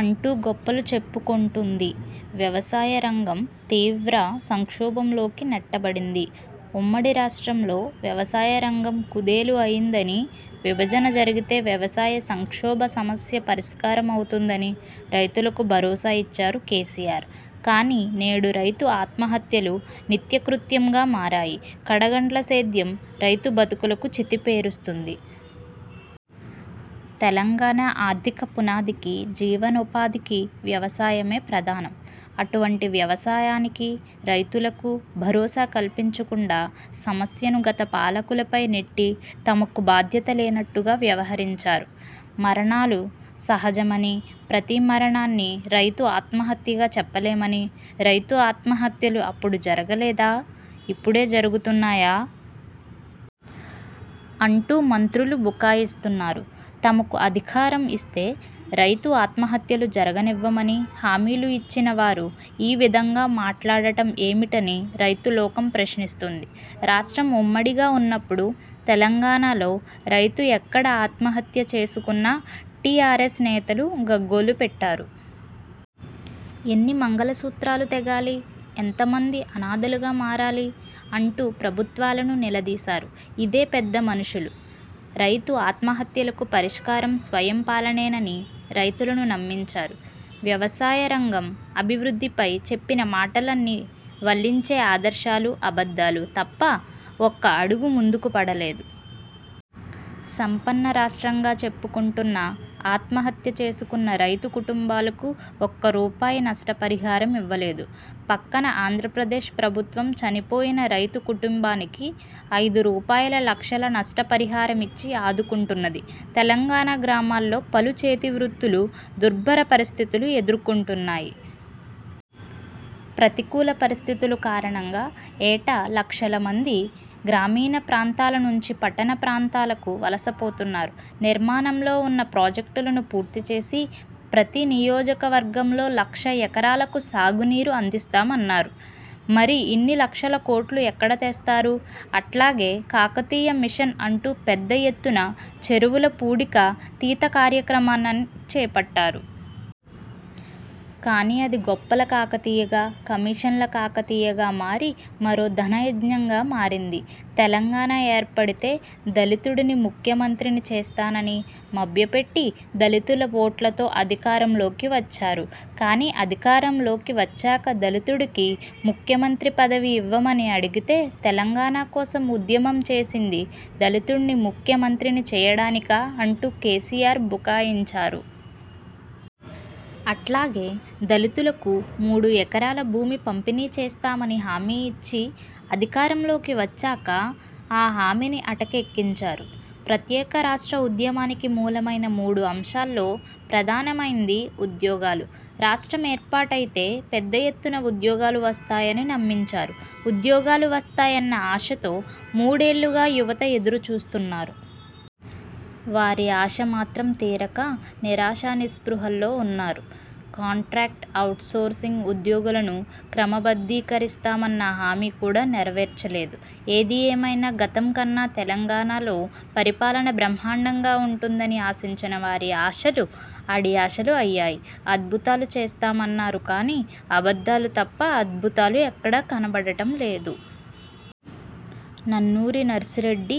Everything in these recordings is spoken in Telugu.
అంటూ గొప్పలు చెప్పుకుంటోంది. వ్యవసాయ రంగం తీవ్ర సంక్షోభంలోకి నెట్టబడింది. ఉమ్మడి రాష్ట్రంలో వ్యవసాయ రంగం కుదేలు అయిందని, విభజన జరిగితే వ్యవసాయ సంక్షోభ సమస్య పరిష్కారం అవుతుందని రైతులకు భరోసా ఇచ్చారు కేసీఆర్. కానీ నేడు రైతు ఆత్మహత్యలు నిత్యకృత్యంగా మారాయి. కడగండ్ల సేద్యం రైతు బతుకులకు చితి పేరుస్తుంది. తెలంగాణ ఆర్థిక పునాదికి, జీవనో పాధికి వ్యవసాయమే ప్రధానం. అటువంటి వ్యవసాయానికీ రైతులకూ భరోసా కల్పించకుండా సమస్యను గత పాలకులపై నెట్టి తమకు బాధ్యత లేనట్టుగా వ్యవహరించారు. మరణాలు సహజం అని, ప్రతి మరణాన్ని రైతు ఆత్మహత్యగా చెప్పలేమని, రైతు ఆత్మహత్యలు అప్పుడు జరగలేదా? ఇప్పుడే జరుగుతున్నాయా? అంటూ మంత్రులు బుకా యిస్తున్నారు. తమకు అధికారం ఇస్తే రైతు ఆత్మహత్యలు జరగనివ్వమని హామీలు ఇచ్చిన వారు ఈ విధంగా మాట్లాడటం ఏమిటని రైతు లోకం ప్రశ్నిస్తుంది. రాష్ట్రం ఉమ్మడిగా ఉన్నప్పుడు తెలంగాణ లో రైతు ఎక్కడ ఆత్మహత్య చేసుకున్నా టీఆర్ఎస్ నేతలు గగ్గోలు పెట్టారు. ఎన్ని మంగళ సూత్రాలు తెగాలి? ఎంత మంది అనాథలుగా మారాలి? అంటూ ప్రభుత్వాలను నిలదీశారు ఇదే పెద్ద మనుషులు. రైతు ఆత్మహత్యలకు పరిష్కారం స్వయం పాలనేనని రైతులను నమ్మించారు. వ్యవసాయ రంగం అభివృద్ధి పై చెప్పిన మాటలన్నీ, వల్లించే ఆదర్శాలు అబద్ధాలు తప్ప ఒక్క అడుగు ముందుకు పడలేదు. సంపన్న రాష్ట్రంగా చెప్పుకుంటున్నా ఆత్మహత్య చేసుకున్న రైతు కుంటుంబాలకు ఒక్క రూపాయి నష్ట పరిహారం ఇవ్వలేదు. పక్కన ఆంధ్రప్రదేశ్ ప్రభుత్వం చనిపోయిన రైతు కుంటుంబానికి ఐదు రూపాయల లక్షల నష్ట పరిహారం ఇచ్చి ఆదుకుంటున్నది. తెలంగాణ గ్రామాల్లో పలు చేతి వృత్తులు దుర్భర పరిస్థితులు ఎదుర్కొంటున్నాయి. ప్రతికూల పరిస్థితులు కారణంగా ఏటా లక్షల మంది గ్రామీణ ప్రాంతాల నుంచి పట్టణ ప్రాంతాలకు వలస పోతున్నారు. నిర్మాణంలో ఉన్న ప్రాజెక్టులను పూర్తి చేసి ప్రతి నియోజక వర్గంలో లక్ష ఎకరాలకు సాగు నీరు అందిస్తామన్నారు. మరి ఇన్ని లక్షల కోట్లు ఎక్కడ తెస్తారు? అట్లాగే కాకతీయ మిషన్ అంటు పెద్ద ఎత్తున చెరువుల పూడిక తీత కార్యక్రమాన్ని చేపట్టారు. కానీ అది గొప్పల కాకతీయగా, కమిషన్ల కాకతీయగా మారి మరో ధన యజ్ఞంగా మారింది. తెలంగాణ ఏర్పడితే దళితుడిని ముఖ్య మంత్రిని చేస్తానని మభ్యపెట్టి దళితుల ఓట్లతో అధికారం లోకి వచ్చారు. కానీ అధికారం లోకి వచ్చాక దళితుడికి ముఖ్య మంత్రి పదవి ఇవ్వమని అడిగితే తెలంగాణ కోసం ఉద్యమం చేసింది దళితుడిని ముఖ్య మంత్రిని చెయ్యడానికా అంటూ కేసీఆర్ బుకాయించారు. అట్లాగే దళితులకు మూడు ఎకరాల భూమి పంపిణీ చేస్తామని హామీ ఇచ్చి అధికారం లోకి వచ్చాక ఆ హామీని అటక ఎక్కించారు. ప్రత్యేక రాష్ట్ర ఉద్యమానికి మూలమైన మూడు అంశాల్లో ప్రధానమైంది ఉద్యోగాలు. రాష్ట్రం ఏర్పాటయితే పెద్ద ఎత్తున ఉద్యోగాలు వస్తాయని నమ్మించారు. ఉద్యోగాలు వస్తాయన్న ఆశతో మూడేళ్లుగా యువత ఎదురు చూస్తున్నారు. వారి ఆశ మాత్రం తీరక నిరాశ, నిస్పృహల్లో ఉన్నారు. కాంట్రాక్ట్, ఔట్ సోర్సింగ్ ఉద్యోగులను క్రమబద్ధీ కరిస్తామన్న హామీ కూడా నెరవేర్చలేదు. ఏది ఏమైనా గతం కన్నా తెలంగాణలో పరిపాలన బ్రహ్మాండంగా ఉంటుంది అని ఆశించిన వారి ఆశలు అడియాశలు అయ్యాయి. అద్భుతాలు చేస్తా మన్నారు కానీ అబద్ధాలు తప్ప అద్భుతాలు ఎక్కడా కనపడటం లేదు. నన్నూరి నర్సిరెడ్డి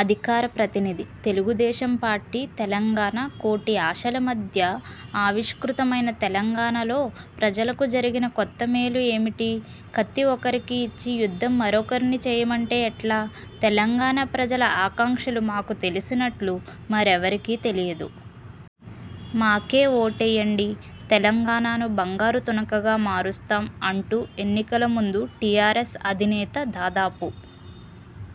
అధికార ప్రతినిధి, తెలుగు దేశం పార్టీ, తెలంగాణ కోటి ఆశల మధ్య ఆవిష్కృతమైన తెలంగాణ లో ప్రజలకు జరిగిన కొత్త మేలు ఏమిటి? కత్తి ఒకరికి ఇచ్చి యుద్ధం మరొకరిని చేయమంటే ఎట్లా? 'తెలంగాణ ప్రజల ఆకాంక్షలు మాకు తెలిసినట్లు మరెవరికీ తెలియదు. మాకే ఓటెయ్యండి. తెలంగాణ ను బంగారు తునకగా మారుస్తాం' అంటూ ఎన్నికల ముందు టీఆర్ఎస్ అధినేత దాదాపు